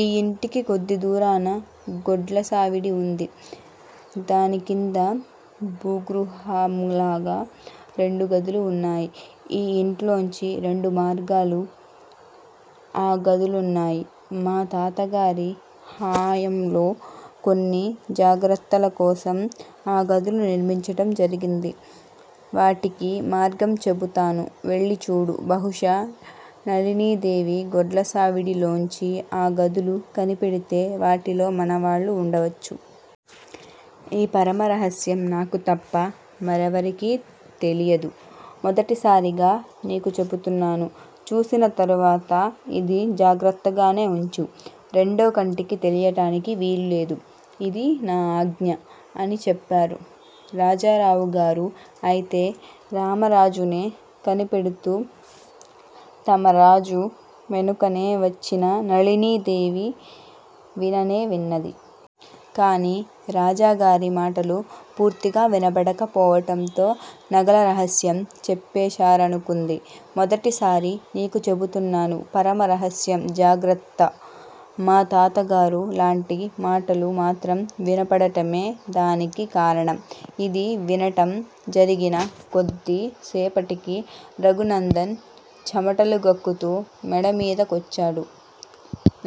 ఈ యింటికి కొద్ది దూరాన గొడ్ల సావిడి ఉంది. దానికింద భూగృహంలాగా రెండు గదులు వున్నాయి. ఈ యింట్లోంచి రెండుమార్గాలు ఆ గదులకున్నాయి. మా తాతగారి హయాంలో కొన్ని జాగ్రత్తలకోసం ఆ గదులు నిర్మించటం జరిగింది. వాటికిమార్గం చెపుతాను, వెళ్ళిచూడు. బహుశా నళినీదేవి గొడ్లసావిడి లోంచి ఆ గదులు కనిపెడితే వాటిలో మనవాళ్ళు వుండవచ్చు. ఈ పరమ రహస్యం నాకు తప్ప మరెవరికీ తెలియదు. మొదటిసారిగా నీకు చెపుతున్నాను. చూసిన తరువాత ఇది జాగ్రత్తగానే వుంచు, రెండో కంటికి తెలియటానికి వీలులేదు. ఇది నా ఆజ్ఞ అని చెప్పారు రాజారావు గారు. అయితే రామరాజునే కనిపెడుతూ రామరాజు వెనకనే వచ్చిన నళినీదేవి విననే విన్నది. కాని రాజాగారి మాటలు పూర్తిగా వినపడక పోవడంతో నగల రహస్యం చెప్పేశారనుకుంది. మొదటిసారి నీకు చెపుతున్నాను. పరమ రహస్యం, జాగ్రత్త, మా తాతగారు లాంటి మాటలు మాత్రం వినపడటమే దానికి కారణం. ఇది వినడం జరిగిన కొద్దిసేపటికి రఘునందన్ చెమటలు గక్కుతూ మేడమీద కొచ్చాడు.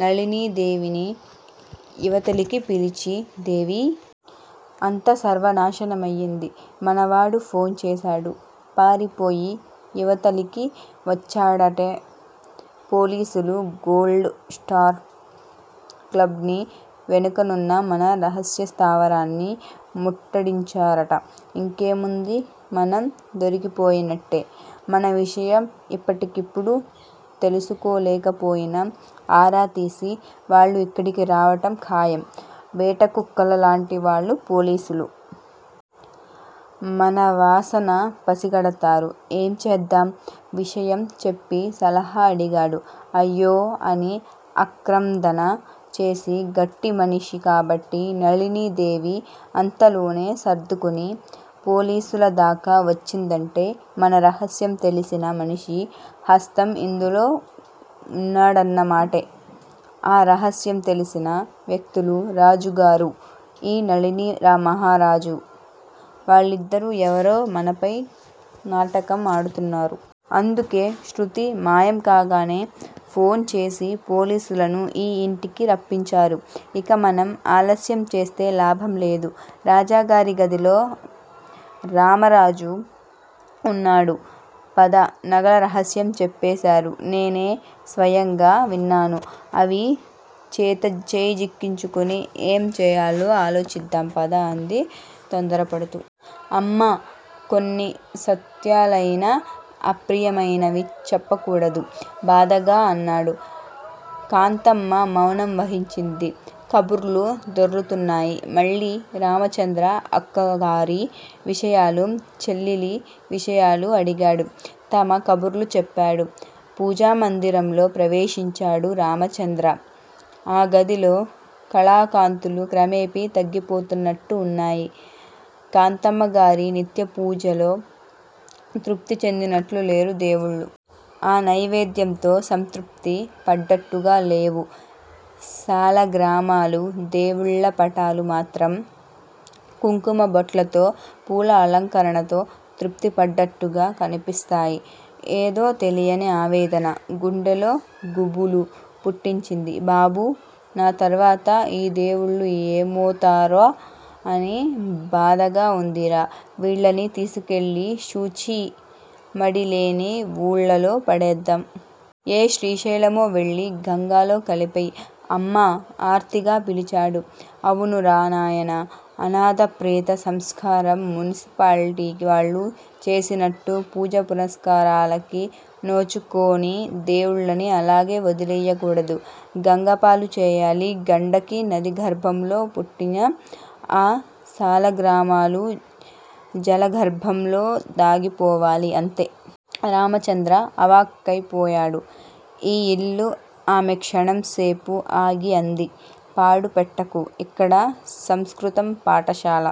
నళినీదేవిని ఇవతలికి పిలిచి దేవీ! అంతా సర్వనాశనమయింది. మనవాడు ఫోన్ చేశాడు. పారిపోయి ఇవతలికి వచ్చాడట. పోలీసులు గోల్డ్ స్టార్ క్లబ్ ని, వెనకవున్న మన రహస్యస్థావరాన్ని ముట్టడించారట ఇంకే ముంది. మనం దొరికిపోయినట్టే. మన విషయం ఇప్పటికిప్పుడు తెలుసుకోలేక పోయినా ఆరా తీసి వాళ్ళు ఇక్కడికి రావడం ఖాయం. వేటకుక్కల లాంటివాళ్ళు పోలీసులు. మనవాసన పసిగడతారు. ఏంచేద్దాం? విషయం చెప్పి సలహా అడిగాడు. అయ్యో అని ఆక్రందన చేసి గట్టి మనిషి కాబట్టి నళినీదేవి అంతలోనే సర్దుకుని పోలీసులదాకా వచ్చిందంటే మన రహస్యం తెలిసిన మనిషి హస్తం ఇందులో వున్నాడన్నమాటే. ఆ రహస్యం తెలిసిన వ్యక్తులు రాజుగారు, ఈ నకిలీరామమహారాజు వాళ్ళిద్దరిలో ఎవరో మనపై నాటకం ఆడుతున్నారు. అందుకే శృతి మాయం కాగానే ఫోన్ చేసి పోలీసులను ఈ యింటికి రప్పించారు. ఇక మనం ఆలస్యంచేస్తే లాభంలేదు రాజాగారి గదిలో రామరాజు వున్నాడు పద, నగల రహస్యం చెప్పేశారు. నేనే స్వయంగా విన్నాను. అవి చేజిక్కించుకుని ఏం చేయాలో ఆలోచిద్దాం పద అంది తొందరపడుతూ. అమ్మా కొన్ని సత్యాలయినా అప్రియమైనవి చెప్పకూడదు. బాధగా అన్నాడు. కాంతమ్మ మౌనం వహించింది. కబుర్లు దొర్లుతున్నాయి మళ్ళీ-- రామచంద్ర అక్కగారి విషయాలు, చెల్లెలి విషయాలు అడిగాడు. తమ కబుర్లు చెప్పాడు. పూజామందిరంలో ప్రవేశించాడు రామచంద్ర. ఆ గదిలో కళాకాంతులు క్రమేపి తగ్గి పోతున్నట్టుగా వున్నాయి. కాంతమ్మగారి నిత్య పూజలు తృప్తి చెందినట్లు లేరు దేవుళ్ళు. ఆ నైవేద్యం తో సంతృప్తి పడ్డట్టుగా లేవు సాలగ్రామాలు. దేవుళ్ళ పటాలు మాత్రం కుంకుమ బొట్లతో పూల అలంకరణతో తృప్తి పడ్డట్టుగా కనిపిస్తాయి. ఏదో తెలియని ఆవేదన గుండెలో గుబులు పుట్టించింది. బాబూ! నా తర్వాత ఈ దేవుళ్ళు ఎమోతారా అని బాధగా వుందిరా! వీళ్ళని తీసుకెళ్ళి శుచీ మడి లేని వూళ్ళలో పడేధాం. ఏ శ్రిశైలమో వెళ్ళి గంగాలో కలిపెయ్! అమ్మా ఆర్తిగా పిలిచాడు. అవునురా నాయనా! అనాధ ప్రేత సంస్కారం మున్సిపాలిటి వాళ్ళు చేసినట్టు పూజా పురస్కారాలకి నోచుకోని దేవుళ్ళని అలాగే వదిలెయ్యకూడదు. గంగపాలు చేయాలి. గండకి నది గర్భంలో పుట్టిన ఆ సాలగ్రామాలు జలగార్భంలో దాగిపోవాలి అంతే! రామచంద్ర అవాక్కైపోయాడు. ఈ యిల్లు ఆమె క్షణం సేపు ఆగి అంది పాడు పెట్టకు. ఇక్కడ సంస్కృతం పాఠశాల